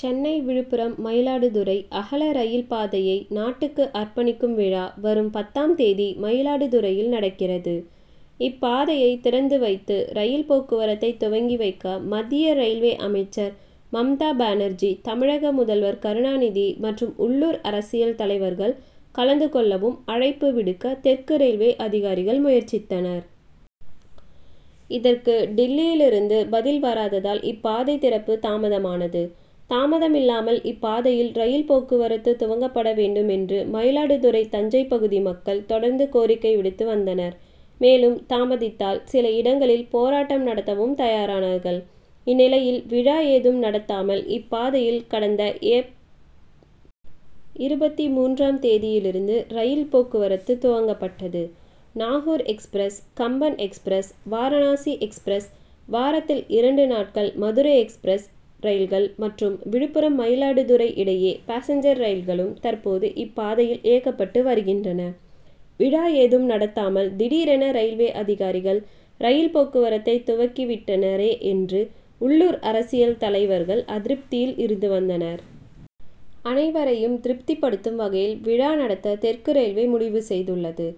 சென்னை விழுப்புரம் மயிலாடுதுறை அகல ரயில் பாதையை நாட்டுக்கு அர்ப்பணிக்கும் விழா வரும் பத்தாம் தேதி மயிலாடுதுறையில் நடக்கிறது. இப்பாதையை திறந்து வைத்து ரயில் போக்குவரத்தை துவங்கி வைக்க மத்திய ரயில்வே அமைச்சர் மம்தா பானர்ஜி தமிழக முதல்வர் கருணாநிதி மற்றும் உள்ளூர் அரசியல் தலைவர்கள் கலந்து கொள்ளவும் அழைப்பு விடுக்க தெற்கு ரயில்வே அதிகாரிகள் முயற்சித்தனர். இதற்கு டில்லியிலிருந்து பதில் வராததால் இப்பாதை திறப்பு தாமதமானது. தாமதமில்லாமல் இப்பாதையில் ரயில் போக்குவரத்து துவங்கப்பட வேண்டும் என்று மயிலாடுதுறை தஞ்சை பகுதி மக்கள் தொடர்ந்து கோரிக்கை விடுத்து வந்தனர். மேலும் தாமதித்தால் சில இடங்களில் போராட்டம் நடத்தவும் தயாரானார்கள். இந்நிலையில் விழா ஏதும் நடத்தாமல் இப்பாதையில் கடந்த ஏப். இருபத்தி மூன்றாம் தேதியிலிருந்து ரயில் போக்குவரத்து துவங்கப்பட்டது. Nagore express Kamban express Varanasi express வாரத்தில் இரண்டு நாட்கள் மதுரை எக்ஸ்பிரஸ் ரயில்கள் மற்றும் விழுப்புரம் மயிலாடுதுறை இடையே பாசஞ்சர் ரயில்களும் தற்போது இப்பாதையில் இயக்கப்பட்டு வருகின்றன. விழா ஏதும் நடத்தாமல் திடீரென ரயில்வே அதிகாரிகள் ரயில் போக்குவரத்தை துவங்கிவிட்டனரே என்று உள்ளூர் அரசியல் தலைவர்கள் அதிருப்தியில் இருந்து வந்தனர். அனைவரையும் திருப்திபடுத்தும் வகையில் விழா நடத்த தெற்கு ரயில்வே முடிவு செய்துள்ளது.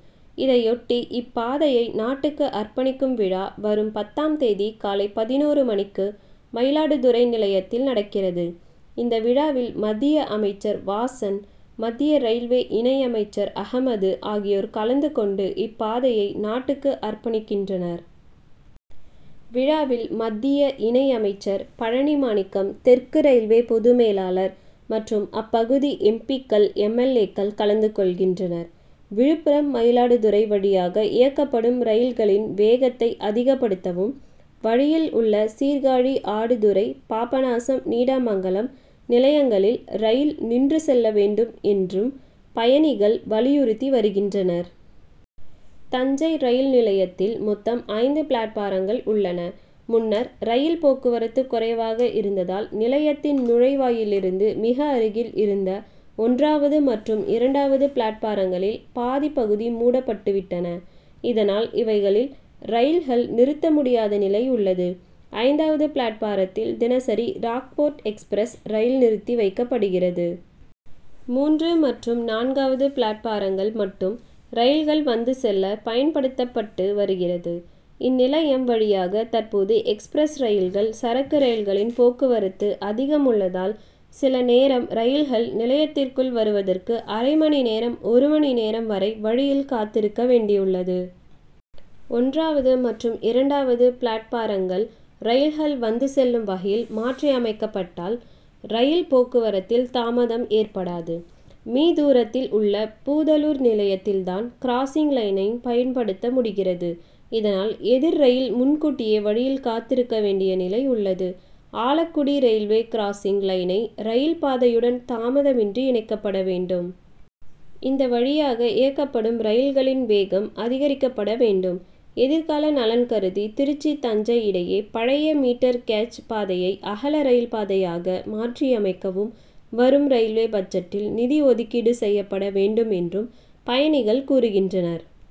இதையொட்டி இப்பாதையை நாட்டுக்கு அர்ப்பணிக்கும் விழா வரும் பத்தாம் தேதி காலை பதினொரு மணிக்கு மயிலாடுதுறை நிலையத்தில் நடக்கிறது. இந்த விழாவில் மத்திய அமைச்சர் வாசன் மத்திய ரயில்வே இணை அமைச்சர் அகமது ஆகியோர் கலந்து கொண்டு இப்பாதையை நாட்டுக்கு அர்ப்பணிக்கின்றனர். விழாவில் மத்திய இணை அமைச்சர் பழனி மாணிக்கம் தெற்கு ரயில்வே பொது மேலாளர் மற்றும் அப்பகுதி எம். பி.க்கள் எம். எல். ஏ.க்கள் கலந்து கொள்கின்றனர். விழுப்புரம் மயிலாடுதுறை வழியாக இயக்கப்படும் ரயில்களின் வேகத்தை அதிகப்படுத்தவும் வழியில் உள்ள சீர்காழி ஆடுதுறை பாபநாசம் நீடாமங்கலம் நிலையங்களில் ரயில் நின்று செல்ல வேண்டும் என்றும் பயணிகள் வலியுறுத்தி வருகின்றனர். தஞ்சை ரயில் நிலையத்தில் மொத்தம் ஐந்து பிளாட்பாரங்கள் உள்ளன. முன்னர் ரயில் போக்குவரத்து குறைவாக இருந்ததால் நிலையத்தின் நுழைவாயிலிருந்து மிக அருகில் இருந்த ஒன்றாவது மற்றும் இரண்டாவது பிளாட்பாரங்களில் பாதிப் பகுதி மூடப்பட்டுவிட்டன. இதனால் இவைகளில் ரயில்கள் நிறுத்த முடியாத நிலை உள்ளது. ஐந்தாவது பிளாட்பாரத்தில் தினசரி ராக்போர்ட் எக்ஸ்பிரஸ் ரயில் நிறுத்தி வைக்கப்படுகிறது. மூன்று மற்றும் நான்காவது பிளாட்பாரங்கள் மட்டும் ரயில்கள் வந்து செல்ல பயன்படுத்தப்பட்டு வருகிறது. இந்நிலையம் வழியாக தற்போது எக்ஸ்பிரஸ் ரயில்கள் சரக்கு ரயில்களின் போக்குவரத்து அதிகம் உள்ளதால் சில நேரம் ரயில்கள் நிலையத்திற்குள் வருவதற்கு அரை மணி நேரம் ஒரு மணி நேரம் வரை வழியில் காத்திருக்க வேண்டியுள்ளது. ஒன்றாவது மற்றும் இரண்டாவது பிளாட்பாரங்கள் ரயில்கள் வந்து செல்லும் வகையில் மாற்றியமைக்கப்பட்டால் ரயில் போக்குவரத்தில் தாமதம் ஏற்படாது. மீ. தூரத்தில் உள்ள பூதலூர் நிலையத்தில் தான் கிராசிங் லைனை பயன்படுத்த முடிகிறது. இதனால் எதிர் ரயில் முன்கூட்டியே வழியில் காத்திருக்க வேண்டிய நிலை உள்ளது. ஆலக்குடி ரயில்வே கிராசிங் லைனை ரயில் பாதையுடன் தாமதமின்றி இணைக்கப்பட வேண்டும். இந்த வழியாக இயக்கப்படும் ரயில்களின் வேகம் அதிகரிக்கப்பட வேண்டும். எதிர்கால நலன் கருதி திருச்சி தஞ்சை இடையே பழைய மீட்டர் கேஜ் பாதையை அகல ரயில் பாதையாக மாற்றியமைக்கவும் வரும் ரயில்வே பட்ஜெட்டில் நிதி ஒதுக்கீடு செய்யப்பட வேண்டும் என்றும் பயணிகள் கூறுகின்றனர்.